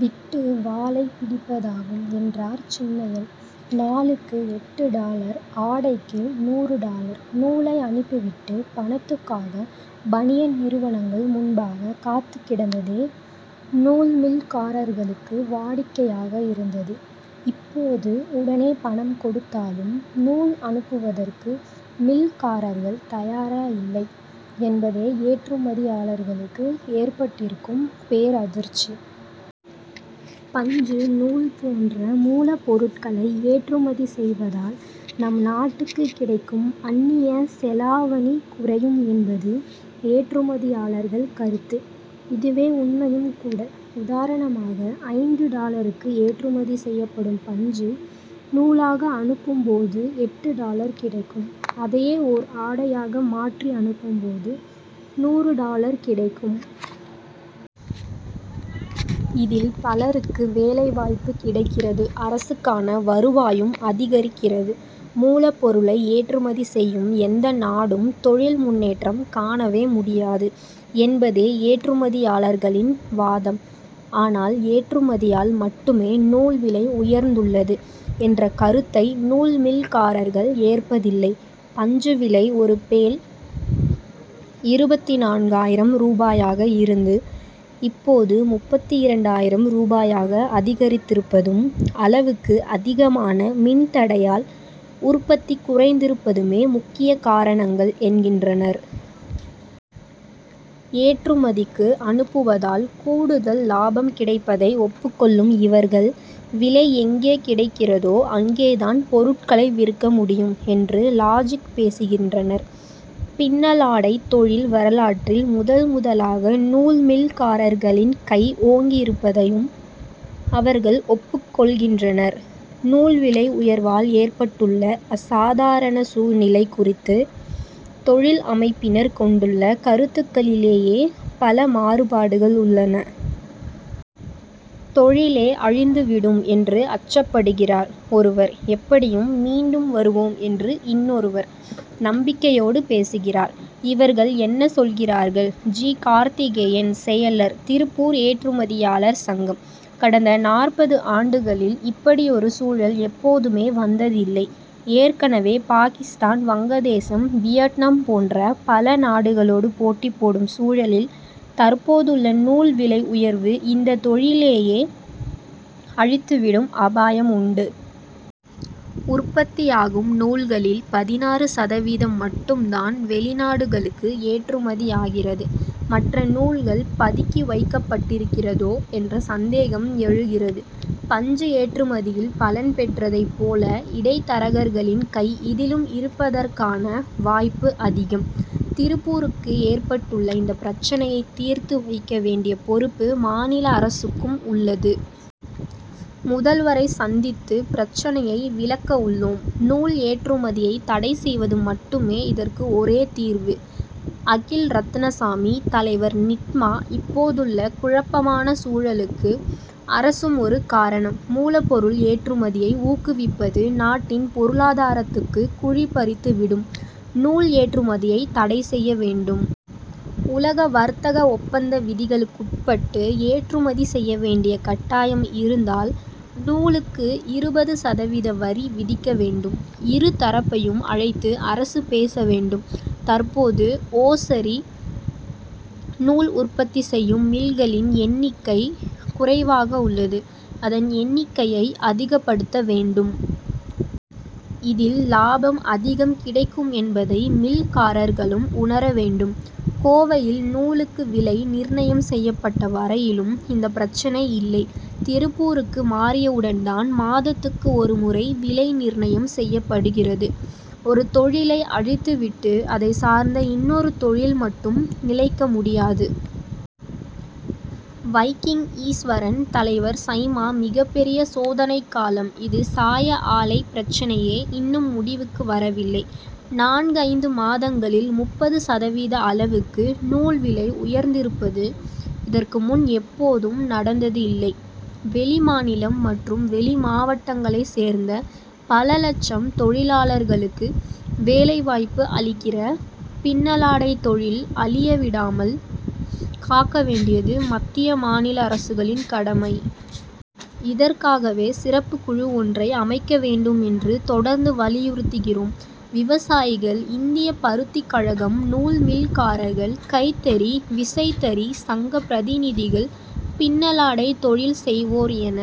விட்டு வாலை பிடிப்பதாகும், என்றார் சின்னையன். நூலுக்கு எட்டு டாலர்; ஆடைக்கு நூறு டாலர்! நூலை அனுப்பி விட்டு, பணத்துக்காக பனியன் நிறுவனங்கள் முன்பாக காத்துக் கிடந்ததே நூல் மில்காரர்களுக்கு வாடிக்கையாக இருந்தது. இப்போது, உடனே பணம் கொடுத்தாலும், நூல் அனுப்புவதற்கு மில்காரர்கள் தயாராயில்லை என்பதே ஏற்றுமதியாளர்களுக்கு ஏற்பட்டிருக்கும் பேரதிர்ச்சி. பஞ்சு, நூல் போன்ற மூலப்பொருட்களை ஏற்றுமதி செய்வதால், நம் நாட்டுக்குக் கிடைக்கும் அந்நியச் செலாவணி குறையும் என்பது ஏற்றுமதியாளர்கள் கருத்து. இதுவே, உண்மையும் கூட. உதாரணமாக, ஐந்து டாலருக்கு ஏற்றுமதி செய்யப்படும் பஞ்சு, நூலாக அனுப்பும் போது எட்டு டாலர் கிடைக்கும். அதையே, ஓர் ஆடையாக மாற்றி அனுப்பும்போது, நூறு டாலர் கிடைக்கும். இதில், பலருக்கு வேலை வாய்ப்பு கிடைக்கிறது. அரசுக்கான வருவாயும் அதிகரிக்கிறது. மூலப்பொருளை ஏற்றுமதி செய்யும் எந்த நாடும், தொழில் முன்னேற்றம் காணவே முடியாது என்பதே ஏற்றுமதியாளர்களின் வாதம். ஆனால், ஏற்றுமதியால் மட்டுமே நூல் விலை உயர்ந்துள்ளது என்ற கருத்தை, நூல் மில்காரர்கள் ஏற்பதில்லை. பஞ்சு விலை ஒரு பேல் இருபத்து நான்காயிரம் ரூபாயாக இருந்து, இப்போது முப்பத்து இரண்டாயிரம் ரூபாயாக அதிகரித்திருப்பதும், அளவுக்கு அதிகமான மின் தடையால் உற்பத்தி குறைந்திருப்பதுமே முக்கிய காரணங்கள் என்கின்றனர். ஏற்றுமதிக்கு அனுப்புவதால் கூடுதல் லாபம் கிடைப்பதை ஒப்புக் கொள்ளும் இவர்கள், விலை எங்கே கிடைக்கிறதோ, அங்கேதான் பொருட்களை விற்க முடியும் என்று லாஜிக் பேசுகின்றனர். பின்னலாடை தொழில் வரலாற்றில் முதல் முதலாக நூல் மில்காரர்களின் கை ஓங்கியிருப்பதையும் அவர்கள் ஒப்புக் கொள்கின்றனர் நூல்விலை உயர்வால் ஏற்பட்டுள்ள அசாதாரண சூழ்நிலை குறித்து, தொழில் அமைப்பினர் கொண்டுள்ள கருத்துக்களிலேயே பல மாறுபாடுகள் உள்ளன. தொழிலே அழிந்து விடும் என்று அச்சப்படுகிறார் ஒருவர்; எப்படியும் மீண்டு வருவோம் என்று இன்னொருவர் நம்பிக்கையோடு பேசுகிறார். இவர்கள் என்ன சொல்கிறார்கள்? ஜி. கார்த்திகேயன், செயலர், திருப்பூர் ஏற்றுமதியாளர் சங்கம்: கடந்த நாற்பது ஆண்டுகளில் இப்படியொரு சூழல் எப்போதுமே வந்ததில்லை. ஏற்கனவே, பாகிஸ்தான், வங்கதேசம், வியட்நாம் போன்ற பல நாடுகளோடு போட்டி போடும் சூழலில், தற்போதுள்ள நூல் விலை உயர்வு, இந்த தொழிலையே அழித்துவிடும் அபாயம் உண்டு. உற்பத்தியாகும் நூல்களில் பதினாறு சதவீதம் மட்டும்தான், வெளிநாடுகளுக்கு ஏற்றுமதியாகிறது. மற்ற நூல்கள் பதுக்கி வைக்கப்பட்டிருக்கிறதோ என்ற சந்தேகம் எழுகிறது. பஞ்சு ஏற்றுமதியில் பலன் பெற்றதைப் போல இடைத்தரகர்களின் கை இதிலும் இருப்பதற்கான வாய்ப்பு அதிகம். திருப்பூருக்கு ஏற்பட்டுள்ள இந்த பிரச்னையைத் தீர்த்து வைக்க வேண்டிய பொறுப்பு, மாநில அரசுக்கும் உள்ளது. முதல்வரைச் சந்தித்து பிரச்னையை விளக்கவுள்ளோம். நூல் ஏற்றுமதியை தடை செய்வது மட்டுமே, இதற்கு ஒரே தீர்வு. அகில் ரத்தினசாமி, தலைவர், நிட்மா: இப்போதுள்ள குழப்பமான சூழலுக்கு அரசும் ஒரு காரணம். மூலப்பொருள் ஏற்றுமதியை ஊக்குவிப்பது, நாட்டின் பொருளாதாரத்துக்கு குழி பறித்து விடும். நூல் ஏற்றுமதியை தடை செய்ய வேண்டும். உலக வர்த்தக ஒப்பந்த விதிகளுக்குட்பட்டு, ஏற்றுமதி செய்ய வேண்டிய கட்டாயம் இருந்தால் நூலுக்கு இருபது சதவீத வரி விதிக்க வேண்டும். இரு தரப்பையும் அழைத்து அரசு பேச வேண்டும். தற்போது ஒசைரி நூல் உற்பத்தி செய்யும் மில்களின் எண்ணிக்கை குறைவாகவுள்ளது. அதன் எண்ணிக்கையை அதிகப்படுத்த வேண்டும். இதில் லாபம் அதிகம் கிடைக்குமென்பதை மில்காரர்களும் உணர வேண்டும். கோவையில் நூலுக்கு விலை நிர்ணயம் செய்யப்பட்ட வரையிலும், இந்த பிரச்னை இல்லை. திருப்பூருக்கு மாறியவுடன்தான், மாதத்துக்கு ஒரு முறை விலை நிர்ணயம் செய்யப்படுகிறது. ஒரு தொழிலை அழித்து விட்டு, அதைச் சார்ந்த இன்னொரு தொழில் மட்டும் நிலைக்க முடியாது. வைகிங் ஈஸ்வரன், தலைவர், சைமா மிகப்பெரிய சோதனைக்காலம் இது. சாய ஆலை பிரச்னையே இன்னும் முடிவுக்கு வரவில்லை. நான்கைந்து மாதங்களில் முப்பது சதவீத அளவுக்கு நூல் விலை உயர்ந்திருப்பது, இதற்கு முன் எப்போதும் நடந்ததில்லை. வெளிமாநிலம் மற்றும் வெளி மாவட்டங்களைச் சேர்ந்த பல லட்சம் தொழிலாளர்களுக்கு வேலை வாய்ப்பு அளிக்கிற பின்னலாடைத் தொழில் அழிய விடாமல் காக்க வேண்டியது மத்திய, மாநில அரசுகளின் கடமை. இதற்காகவே, சிறப்புக் குழு ஒன்றை அமைக்க வேண்டுமென்று தொடர்ந்து வலியுறுத்துகிறோம். விவசாயிகள், இந்திய பருத்திக் கழகம், நூல் மில்காரர்கள், கைத்தறி, விசைத்தறி சங்க பிரதிநிதிகள், பின்னலாடைத் தொழில் செய்வோர் என